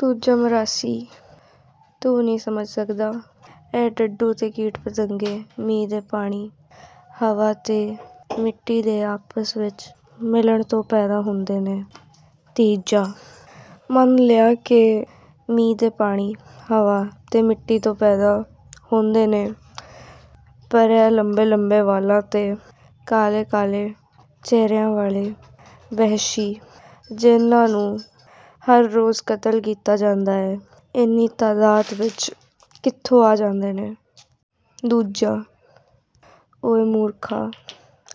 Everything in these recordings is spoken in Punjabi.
ਦੂਜਾ ਮਰਾਸੀ, "ਤੂੰ ਨਹੀਂ ਸਮਝ ਸਕਦਾ। ਇਹ ਡੱਡੂ ਤੇ ਕੀਟ-ਪਤੰਗੇ ਮੀਂਹ ਦੇ ਪਾਣੀ, ਹਵਾ ਤੇ ਮਿੱਟੀ ਦੇ ਆਪਸ ਵਿੱਚ ਮਿਲਣ ਤੋਂ ਪੈਦਾ ਹੁੰਦੇ ਨੇ।" ਤੀਜਾ, "ਮੰਨ ਲਿਆ ਕਿ ਮੀਂਹ ਦੇ ਪਾਣੀ, ਹਵਾ ਤੇ ਮਿੱਟੀ ਤੋਂ ਪੈਦਾ ਹੁੰਦੇ ਨੇ ਪਰ ਇਹ ਲੰਮੇ ਲੰਮੇ ਵਾਲਾਂ ਤੇ ਕਾਲੇ ਕਾਲੇ ਚਿਹਰਿਆਂ ਵਾਲੇ ਵਹਿਸ਼ੀ, ਜਿਹਨਾਂ ਨੂੰ ਹਰ ਰੋਜ਼ ਕਤਲ ਕੀਤਾ ਜਾਂਦਾ ਏ, ਇੰਨੀ ਤਾਦਾਤ ਵਿੱਚ ਕਿੱਥੋਂ ਆ ਜਾਂਦੇ ਨੇ?" ਦੂਜਾ, "ਓਏ ਮੂਰਖਾ,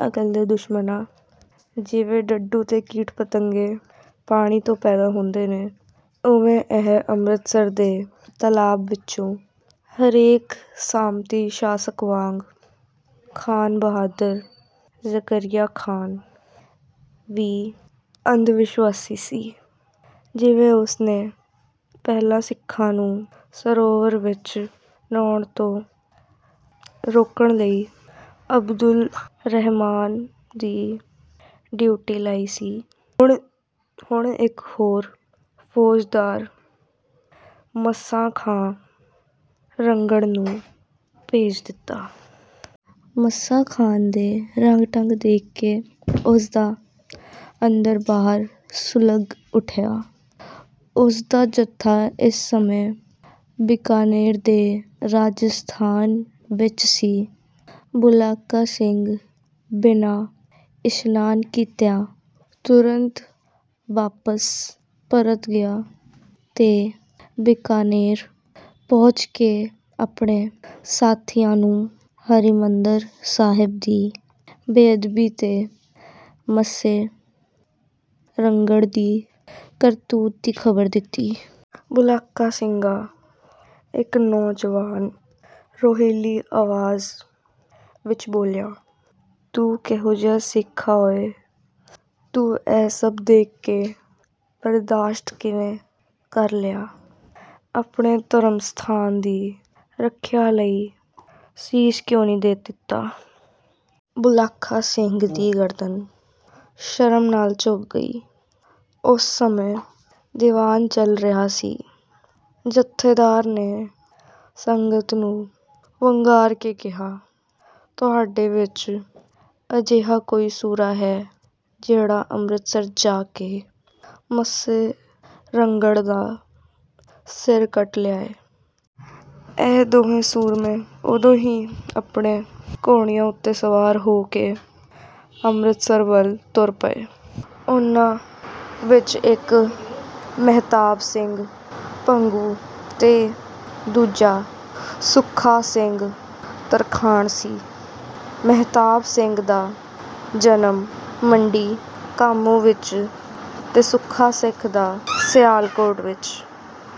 ਅਕਲ ਦੇ ਦੁਸ਼ਮਣਾ। ਜਿਵੇਂ ਡੱਡੂ ਤੇ ਕੀਟ-ਪਤੰਗੇ, ਪਾਣੀ ਤੋਂ ਪੈਦਾ ਹੁੰਦੇ ਨੇ, ਓਵੇਂ ਇਹ ਅੰਮ੍ਰਿਤਸਰ ਦੇ ਤਲਾਅ ਵਿੱਚੋਂ।" ਹਰੇਕ ਸਾਮੰਤੀ ਸ਼ਾਸਕ ਵਾਂਗ ਖਾਨ ਬਹਾਦਰ ਜ਼ਕਰੀਆ ਖਾਂ ਵੀ ਅੰਧਵਿਸ਼ਵਾਸੀ ਸੀ। ਜਿਵੇਂ ਉਸਨੇ ਪਹਿਲਾਂ ਸਿੱਖਾਂ ਨੂੰ ਸਰੋਵਰ ਵਿੱਚ ਨਹਾਉਣ ਤੋਂ ਰੋਕਣ ਲਈ ਅਬਦੁਲ ਰਹਿਮਾਨ ਦੀ ਡਿਊਟੀ ਲਾਈ ਸੀ, ਹੁਣ ਇੱਕ ਹੋਰ ਫੌਜਦਾਰ ਮੱਸਾ ਖਾਂ ਰੰਘੜ ਨੂੰ ਭੇਜ ਦਿੱਤਾ। ਮੱਸਾ ਖਾਂ ਦੇ ਰੰਗ-ਢੰਗ ਦੇਖ ਕੇ ਉਸਦਾ ਅੰਦਰ-ਬਾਹਰ ਸੁਲਗ ਉੱਠਿਆ। ਉਸਦਾ ਜੱਥਾ ਇਸ ਸਮੇਂ ਬੀਕਾਨੇਰ ਦੇ ਰੇਗਿਸਤਾਨ ਵਿੱਚ ਸੀ। ਬੁਲਾਕਾ ਸਿੰਘ ਬਿਨਾਂ ਇਸ਼ਨਾਨ ਕੀਤਿਆਂ ਤੁਰਤ ਵਾਪਸ ਪਰਤ ਗਿਆ ਤੇ ਬੀਕਾਨੇਰ ਪਹੁੰਚ ਕੇ ਆਪਣੇ ਸਾਥੀਆਂ ਨੂੰ ਹਰਿਮੰਦਰ ਸਾਹਿਬ ਦੀ ਬੇਅਦਬੀ ਤੇ ਮੱਸੇ ਰੰਘੜ ਦੀ ਕਰਤੂਤ ਦੀ ਖ਼ਬਰ ਦਿੱਤੀ। "ਬੁਲਾਕਾ ਸਿੰਘਾ।" ਇੱਕ ਨੌਜਵਾਨ ਰੋਹੀਲੀ ਆਵਾਜ਼ ਵਿੱਚ ਬੋਲਿਆ, "ਤੂੰ ਕਿਹੋ ਜਿਹਾ ਸਿੱਖ ਏਂ ਓਏ? ਤੂੰ ਇਹ ਸਭ ਦੇਖ ਕੇ ਬਰਦਾਸ਼ਤ ਕਿਵੇਂ ਕਰ ਲਿਆ? ਆਪਣੇ ਧਰਮ ਸਥਾਨ ਦੀ ਰੱਖਿਆ ਲਈ ਸੀਸ ਕਿਉਂ ਨਹੀਂ ਦੇ ਦਿੱਤਾ?" ਬੁਲਾਕਾ ਸਿੰਘ ਦੀ ਗਰਦਨ ਸ਼ਰਮ ਨਾਲ ਝੁਕ ਗਈ। ਉਸ ਸਮੇਂ ਦੀਵਾਨ ਚੱਲ ਰਿਹਾ ਸੀ। ਜਥੇਦਾਰ ਨੇ ਸੰਗਤ ਨੂੰ ਵੰਗਾਰ ਕੇ ਕਿਹਾ, "ਤੁਹਾਡੇ ਵਿੱਚ ਅਜਿਹਾ ਕੋਈ ਸੂਰਾ ਹੈ ਜਿਹੜਾ ਅੰਮ੍ਰਿਤਸਰ ਜਾ ਕੇ ਮੱਸੇ ਰੰਘੜ ਦਾ ਸਿਰ ਕੱਟ ਲਿਆਏ?" ਇਹ ਦੋਹੇਂ ਸੂਰਮੇ ਉਦੋਂ ਹੀ ਆਪਣੇ ਘੋੜਿਆਂ ਉੱਤੇ ਸਵਾਰ ਹੋ ਕੇ ਅੰਮ੍ਰਿਤਸਰ ਵੱਲ ਤੁਰ ਪਏ। ਉਹਨਾਂ ਵਿੱਚ ਇੱਕ ਮਹਿਤਾਬ ਸਿੰਘ ਭੰਗੂ ਤੇ ਦੂਜਾ ਸੁੱਖਾ ਸਿੰਘ ਤਰਖਾਣ ਸੀ। ਮਹਿਤਾਬ ਸਿੰਘ ਦਾ ਜਨਮ ਮੰਡੀ ਕਾਮੋਂ ਵਿੱਚ ਤੇ ਸੁੱਖਾ ਸਿੰਘ ਦਾ ਸਿਆਲਕੋਟ ਵਿੱਚ